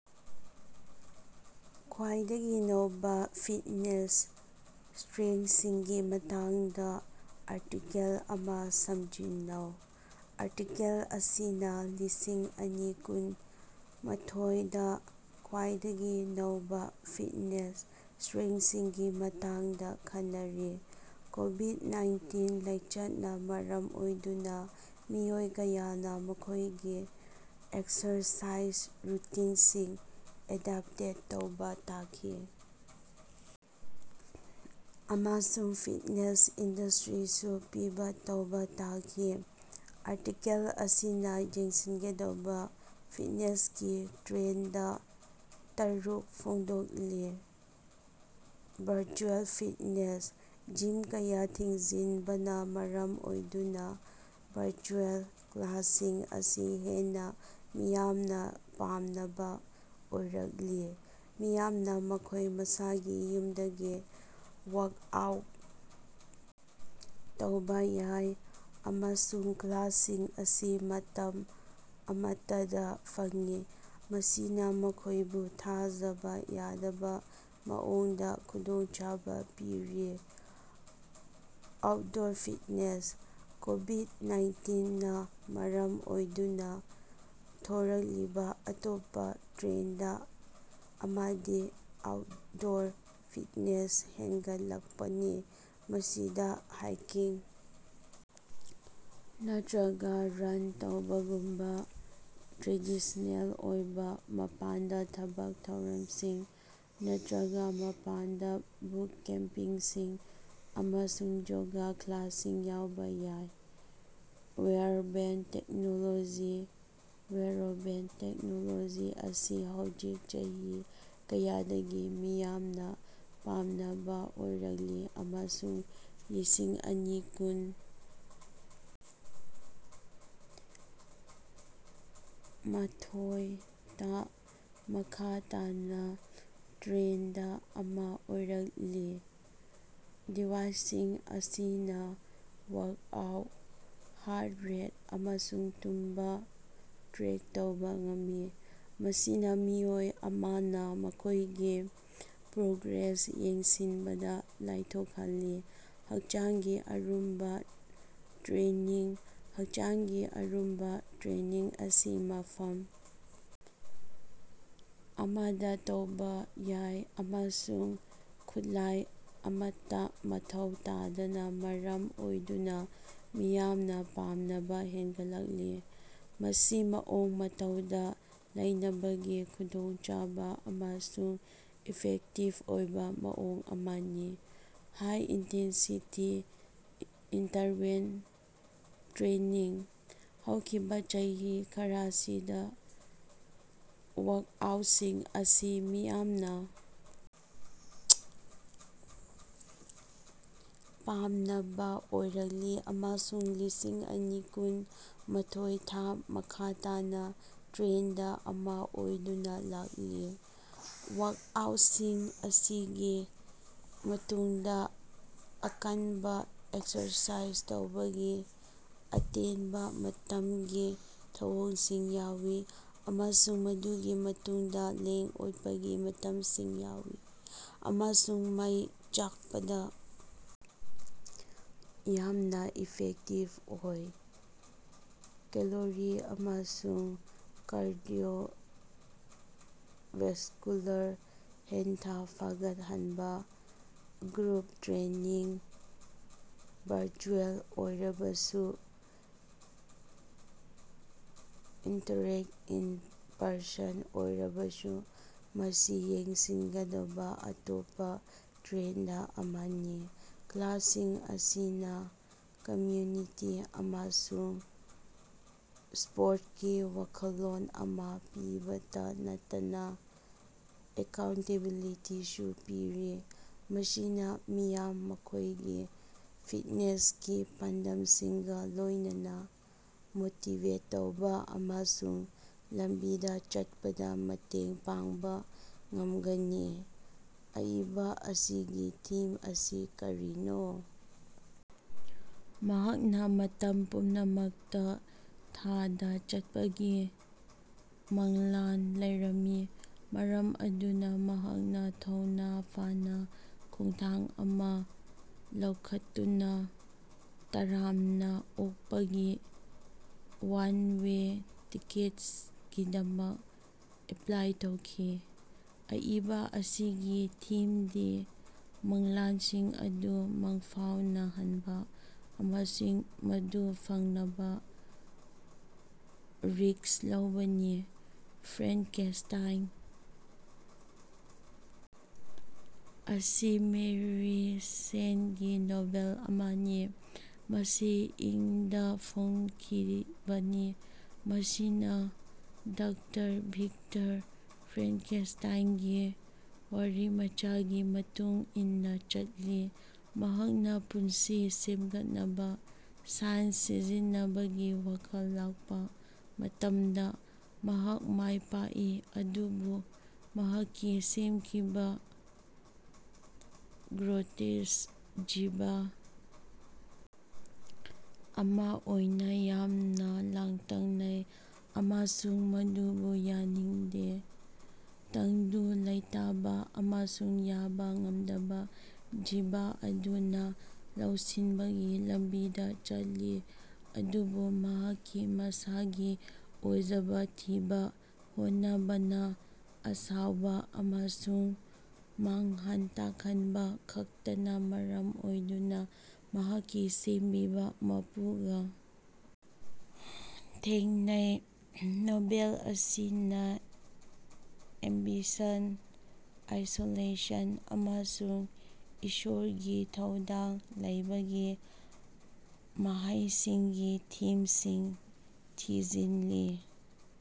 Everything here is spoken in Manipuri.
ꯈ꯭ꯋꯥꯏꯗꯒꯤ ꯅꯧꯕ ꯐꯤꯠꯅꯦꯁ ꯇ꯭ꯔꯦꯟꯗꯁꯤꯡꯒꯤ ꯃꯇꯥꯡꯗ ꯑꯥꯔꯇꯤꯀꯦꯜ ꯑꯃ ꯁꯃꯖꯤꯟꯅꯧ꯫ ꯑꯥꯔꯇꯤꯀꯜ ꯑꯁꯤꯅ ꯂꯤꯁꯤꯡ ꯑꯅꯤ ꯀꯨꯟ ꯃꯥꯊꯣꯏ ꯗꯥ ꯈ꯭ꯋꯥꯏꯗꯒꯤ ꯅꯧꯕ ꯐꯤꯠꯅꯦꯁ ꯇ꯭ꯔꯦꯟꯗꯁꯤꯡꯒꯤ ꯃꯇꯥꯡꯗ ꯈꯟꯅꯔꯤ, ꯀꯣꯕꯤꯗ-ꯅꯥꯏꯟꯇꯤꯟ ꯂꯥꯏꯆꯠꯅ ꯃꯔꯝ ꯑꯣꯏꯗꯨꯅ ꯃꯤꯑꯣꯏ ꯀꯌꯥꯅ ꯃꯈꯣꯏꯒꯤ ꯑꯦꯛꯁꯔꯁꯥꯏꯖ ꯔꯨꯇꯤꯟꯁꯤꯡ ꯑꯦꯗꯞꯇꯦꯠ ꯇꯧꯕ ꯇꯥꯈꯤ ꯑꯃꯁꯨꯡ ꯐꯤꯠꯅꯦꯁ ꯏꯟꯗꯁꯇ꯭ꯔꯤꯁꯨ ꯄꯤꯚꯠ ꯇꯧꯕ ꯇꯥꯈꯤ꯫ ꯑꯥꯔꯇꯤꯀꯜ ꯑꯁꯤꯅ ꯌꯦꯡꯁꯤꯟꯒꯗꯕ ꯐꯤꯠꯅꯦꯁꯀꯤ ꯇ꯭ꯔꯦꯟꯗ ꯇꯔꯨꯛ ꯐꯣꯡꯗꯣꯛꯂꯤ - ꯚꯔꯆꯨꯑꯦꯜ ꯐꯤꯠꯅꯦꯁ -ꯖꯤꯝ ꯀꯌꯥ ꯊꯤꯡꯖꯤꯟꯕꯅ ꯃꯔꯝ ꯑꯣꯏꯗꯨꯅ ꯚꯔꯆꯨꯑꯦꯜ ꯀ꯭ꯂꯥꯁꯁꯤꯡ ꯑꯁꯤ ꯍꯦꯟꯅ ꯃꯤꯌꯥꯝꯅ ꯄꯥꯝꯅꯕ ꯑꯣꯏꯔꯛꯂꯤ꯫ ꯃꯤꯌꯥꯝꯅ ꯃꯈꯣꯏ ꯃꯁꯥꯒꯤ ꯌꯨꯝꯗꯒꯤ ꯋꯥ꯭ꯔꯛꯑꯥꯎꯠ ꯇꯧꯕ ꯌꯥꯏ, ꯑꯃꯁꯨꯡ ꯀ꯭ꯂꯥꯁꯁꯤꯡ ꯑꯁꯤ ꯃꯇꯝ ꯑꯃꯠꯇꯗ ꯐꯪꯏ, ꯃꯁꯤꯅ ꯃꯈꯣꯏꯕꯨ ꯊꯥꯖꯕ ꯌꯥꯗꯕ ꯃꯑꯣꯡꯗ ꯈꯨꯗꯣꯡꯆꯥꯕ ꯄꯤꯔꯤ꯫ ꯑꯥ꯭ꯎꯠꯗꯣꯔ ꯐꯤꯠꯅꯦꯁ - ꯀꯣꯕꯤꯗ - ꯅꯥꯏꯟꯇꯤꯟ ꯅꯥ ꯃꯔꯝ ꯑꯣꯏꯗꯨꯅ ꯊꯣꯔꯛꯂꯤꯕ ꯑꯇꯣꯞꯄ ꯇ꯭ꯔꯦꯟꯗ ꯑꯃꯗꯤ ꯑꯥ꯭ꯎꯠꯗꯣꯔ ꯐꯤꯠꯅꯦꯁ ꯍꯦꯟꯒꯠꯂꯛꯄꯅꯤ꯫ ꯃꯁꯤꯗ ꯍꯥꯏꯀꯤꯡ ꯅꯠꯇꯔꯒ ꯔꯟ ꯇꯧꯕꯒꯨꯝꯕ ꯇ꯭ꯔꯦꯗꯤꯁ꯭ꯅꯦꯜ ꯑꯣꯏꯕ ꯃꯄꯥꯟꯗ ꯊꯕꯛ ꯊꯧꯔꯝꯁꯤꯡ, ꯅꯠꯇꯔꯒ ꯃꯄꯥꯟꯗ ꯕꯨꯠ ꯀꯦꯝꯄꯁꯤꯡ ꯑꯃꯁꯨꯡ ꯌꯣꯒ ꯀ꯭ꯂꯥꯁꯁꯤꯡ ꯌꯥꯎꯕ ꯌꯥꯏ꯫ ꯋꯦꯌꯔꯕꯦꯜ ꯇꯦꯛꯅꯣꯂꯣꯖꯤ - ꯋꯦꯌꯔꯑꯦꯕꯜ ꯇꯦꯛꯅꯣꯂꯣꯖꯤ ꯑꯁꯤ ꯍꯧꯖꯤꯛ ꯆꯍꯤ ꯀꯌꯥꯗꯒꯤ ꯃꯤꯌꯥꯝꯅ ꯄꯥꯝꯅꯕꯥ ꯑꯣꯏꯔꯛꯂꯤ ꯑꯃꯁꯨꯡ ꯂꯤꯁꯤꯡ ꯑꯅꯤ ꯀꯨꯟ ꯃꯥꯊꯣꯏ ꯗꯥ ꯃꯈꯥ ꯇꯥꯅ ꯇ꯭ꯔꯦꯟꯗ ꯑꯃ ꯑꯣꯏꯔꯛꯂꯤ, ꯗꯤꯚꯥꯏꯁꯁꯤꯡ ꯑꯁꯤꯅ ꯋꯥ‍꯭ꯔꯛꯑꯥꯎꯠ, ꯍꯥ꯭ꯔꯠ ꯔꯦꯠ, ꯑꯃꯁꯨꯡ ꯇꯨꯝꯕ ꯇ꯭ꯔꯦꯛ ꯇꯧꯕ ꯉꯝꯃꯤ, ꯃꯁꯤꯅ ꯃꯤꯑꯣꯏ ꯑꯃꯅ ꯃꯈꯣꯏꯒꯤ ꯄ꯭ꯔꯣꯒ꯭ꯔꯦꯁ ꯌꯦꯡꯁꯤꯟꯕꯗ ꯂꯥꯏꯊꯣꯛꯍꯜꯂꯤ꯫ ꯍꯛꯆꯥꯡꯒꯤ ꯑꯔꯨꯝꯕ ꯇ꯭ꯔꯦꯅꯤꯡ - ꯍꯠꯆꯥꯡꯒꯤ ꯑꯔꯨꯝꯕ ꯇ꯭ꯔꯦꯅꯤꯡ ꯑꯁꯤ ꯃꯐꯝ ꯑꯃꯗ ꯇꯧꯕ ꯌꯥꯏ ꯑꯃꯁꯨꯡ ꯈꯨꯠꯂꯥꯏ ꯑꯃꯠꯇ ꯃꯊꯧ ꯇꯥꯗꯕꯅꯥ ꯃꯔꯝ ꯑꯣꯏꯗꯨꯅ ꯃꯤꯌꯥꯝꯅ ꯄꯥꯝꯅꯕ ꯍꯦꯟꯒꯠꯂꯛꯂꯤ꯫ ꯃꯁꯤ ꯃꯑꯣꯡ ꯃꯇꯧꯗ ꯂꯩꯅꯕꯒꯤ ꯈꯨꯗꯣꯡꯆꯥꯕ ꯑꯃꯁꯨꯡ ꯏꯐꯦꯛꯇꯤꯕ ꯑꯣꯏꯕ ꯃꯑꯣꯡ ꯑꯃꯅꯤ꯫ ꯍꯥꯏ-ꯏꯟꯇꯦꯟꯁꯤꯇꯤ ꯏꯟꯇꯔꯚꯜ ꯇ꯭ꯔꯦꯅꯤꯡ - ꯍꯧꯈꯤꯕ ꯆꯍꯤ ꯈꯔꯁꯤꯗ ꯋꯥ꯭ꯔꯛꯑꯥ꯭ꯎꯠꯁꯤꯡ ꯑꯁꯤ ꯃꯤꯌꯥꯝꯅ ꯄꯥꯝꯅꯕ ꯑꯣꯏꯔꯛꯂꯤ ꯑꯃꯁꯨꯡ ꯂꯤꯁꯤꯡ ꯑꯅꯤ ꯀꯨꯟ ꯃꯥꯊꯣꯏ ꯗꯥ ꯃꯈꯥ ꯇꯥꯅ ꯇ꯭ꯔꯦꯟꯗ ꯑꯃ ꯑꯣꯏꯗꯨꯅ ꯂꯥꯛꯂꯤ, ꯋꯥ꯭ꯔꯛꯑꯥ꯭ꯎꯠꯁꯤꯡ ꯑꯁꯤꯒꯤ ꯃꯇꯨꯡꯗ ꯑꯀꯟꯕ ꯑꯦꯛꯁꯔꯁꯥꯏꯖ ꯇꯧꯕꯒꯤ ꯑꯇꯦꯟꯕ ꯃꯇꯝꯒꯤ ꯊꯧꯑꯣꯡꯁꯤꯡ ꯌꯥꯎꯏ, ꯑꯃꯁꯨꯡ ꯃꯗꯨꯒꯤ ꯃꯇꯨꯡꯗ ꯂꯦꯡ-ꯑꯣꯠꯄꯒꯤ ꯃꯇꯝꯁꯤꯡ ꯌꯥꯎꯏ, ꯑꯃꯁꯨꯡ ꯃꯩ ꯆꯥꯛꯄꯗ ꯌꯥꯝꯅ ꯏꯐꯦꯛꯇꯤꯚ ꯑꯣꯏ꯫ ꯀꯦꯂꯣꯔꯤ ꯑꯃꯁꯨꯡ ꯀꯥꯔꯗꯤꯑꯣꯚꯥꯁꯀꯨꯂꯥꯔ ꯍꯦꯜꯊ ꯐꯒꯠꯍꯟꯕ- ꯒ꯭ꯔꯨꯞ ꯇ꯭ꯔꯦꯅꯤꯡ, ꯚꯔꯆꯨꯑꯦꯜ ꯑꯣꯏꯔꯕꯁꯨ ꯅꯠꯇꯔꯒ ꯏꯟ-ꯄꯔꯁꯟ ꯑꯣꯏꯔꯕꯁꯨ, ꯃꯁꯤ ꯌꯦꯡꯁꯤꯟꯒꯗꯕ ꯑꯇꯣꯞꯄ ꯇ꯭ꯔꯦꯟꯗ ꯑꯃꯅꯤ꯫ ꯀ꯭ꯂꯥꯁꯁꯤꯡ ꯑꯁꯤꯅ ꯀꯝꯃ꯭ꯌꯨꯅꯤꯇꯤ ꯑꯃꯁꯨꯡ ꯁꯄꯣꯔꯇꯀꯤ ꯋꯥꯈꯜꯂꯣꯟ ꯑꯃ ꯄꯤꯕꯇ ꯅꯠꯇꯅꯥ ꯑꯦꯀꯥꯎꯟꯇꯦꯕꯤꯂꯤꯇꯤꯁꯨ ꯄꯤꯔꯤ, ꯃꯁꯤꯅ ꯃꯤꯌꯥꯝ ꯃꯈꯣꯏꯒꯤ ꯐꯤꯠꯅꯦꯁꯀꯤ ꯄꯥꯟꯗꯝꯁꯤꯡꯒ ꯂꯣꯏꯅꯅꯥ ꯃꯣꯇꯤꯕꯦꯠ ꯇꯧꯕ ꯑꯃꯁꯨꯡ ꯂꯝꯕꯤꯗ ꯆꯠꯄꯗ ꯃꯇꯦꯡ ꯄꯥꯡꯕ ꯉꯝꯒꯅꯤ꯫ ꯑꯏꯕ ꯑꯁꯤꯒꯤ ꯊꯤꯝ ꯑꯁꯤ ꯀꯔꯤꯅꯣ? ꯃꯍꯥꯛꯅ ꯃꯇꯝ ꯄꯨꯝꯅꯃꯛꯇ ꯊꯥꯗ ꯆꯠꯄꯒꯤ ꯃꯪꯂꯥꯟ ꯂꯩꯔꯝꯃꯤ, ꯃꯔꯝ ꯑꯗꯨꯅ ꯃꯍꯥꯛꯅ ꯊꯧꯅ ꯐꯅꯥ ꯈꯣꯡꯊꯥꯡ ꯑꯃ ꯂꯧꯈꯠꯇꯨꯅꯥ ꯇꯔꯥꯝꯅ ꯑꯣꯛꯄꯒꯤ ꯋꯥꯟ-ꯋꯦ ꯇꯤꯀꯦꯠꯀꯤꯗꯃꯛ ꯑꯦꯞꯂꯥꯏ ꯇꯧꯈꯤ꯫ ꯑꯏꯕ ꯑꯁꯤꯒꯤ ꯊꯤꯝꯗꯤ ꯃꯪꯂꯥꯟꯁꯤꯡ ꯑꯗꯨ ꯃꯪꯐꯥꯎꯅꯍꯟꯕ ꯑꯃꯁꯨꯡ ꯃꯗꯨ ꯐꯪꯅꯕ ꯔꯤꯁ꯭ꯛ ꯂꯧꯕꯅꯤ꯫ ꯐ꯭ꯔꯦꯡꯀꯦꯁ꯭ꯇꯥꯏꯟ ꯑꯁꯤ ꯃꯦꯔꯤ ꯁꯦꯜꯒꯤ ꯅꯣꯚꯦꯜ ꯑꯃꯅꯤ, ꯃꯁꯤ ꯏꯪ ꯗꯥ ꯐꯣꯡꯈꯤꯕꯅꯤ, ꯃꯁꯤꯅ ꯗꯥꯛꯇꯔ ꯚꯤꯛꯇꯔ ꯐ꯭ꯔꯦꯡꯀꯦꯁ꯭ꯇꯥꯏꯟꯒꯤ ꯋꯥꯔꯤꯃꯆꯥꯒꯤ ꯃꯇꯨꯡ ꯏꯟꯅ ꯆꯠꯂꯤ, ꯃꯍꯥꯛꯅ ꯄꯨꯟꯁꯤ ꯁꯦꯝꯒꯠꯅꯕ ꯁꯥꯏꯟꯁ ꯁꯤꯖꯤꯟꯅꯕꯒꯤ ꯋꯥꯈꯜ ꯂꯥꯛꯄ ꯃꯇꯝꯗ꯫ ꯃꯍꯥꯛ ꯃꯥꯏ ꯄꯥꯛꯏ, ꯑꯗꯨꯕꯨ ꯃꯍꯥꯛꯀꯤ ꯁꯦꯝꯈꯤꯕ, ꯒ꯭ꯔꯣꯇꯦꯁ꯭ꯛ ꯖꯤꯕ ꯑꯃ ꯑꯣꯏꯅ ꯌꯥꯝꯅ ꯂꯥꯡꯇꯛꯅꯩ ꯑꯃꯁꯨꯡ ꯃꯗꯨꯕꯨ ꯌꯥꯅꯤꯡꯗꯦ꯫ ꯇꯪꯗꯨ ꯂꯩꯇꯥꯕ ꯑꯃꯁꯨꯡ ꯌꯥꯕ ꯉꯝꯗꯕꯥ ꯖꯤꯕ ꯑꯗꯨꯅ ꯂꯧꯁꯤꯟꯕꯒꯤ ꯂꯝꯕꯤꯗ ꯆꯠꯂꯤ ꯑꯗꯨꯕꯨ ꯃꯍꯥꯛꯀꯤ ꯃꯁꯥꯒꯤ ꯑꯣꯏꯖꯕ ꯊꯤꯕ ꯍꯣꯠꯅꯕꯅꯥ ꯑꯁꯥꯎꯕ ꯑꯃꯁꯨꯡ ꯃꯥꯡꯍꯟ ꯇꯥꯛꯍꯟꯕ ꯈꯛꯇꯅꯥ ꯃꯔꯝ ꯑꯣꯏꯗꯨꯅ ꯃꯍꯥꯛꯀꯤ ꯁꯦꯝꯕꯤꯕ ꯃꯄꯨꯒ ꯊꯦꯡꯅꯩ꯫ ꯅꯣꯚꯦꯜ ꯑꯁꯤꯅ ꯑꯦꯝꯕꯤꯁꯟ, ꯑꯥꯏꯁꯣꯂꯦꯁꯟ ꯑꯃꯁꯨꯡ ꯏꯁꯣꯔꯒꯤ ꯊꯧꯗꯥꯡ ꯂꯧꯕꯒꯤ ꯃꯍꯩꯁꯤꯡꯒꯤ ꯊꯤꯝꯁꯤꯡ ꯊꯤꯖꯤꯜꯂꯤ꯫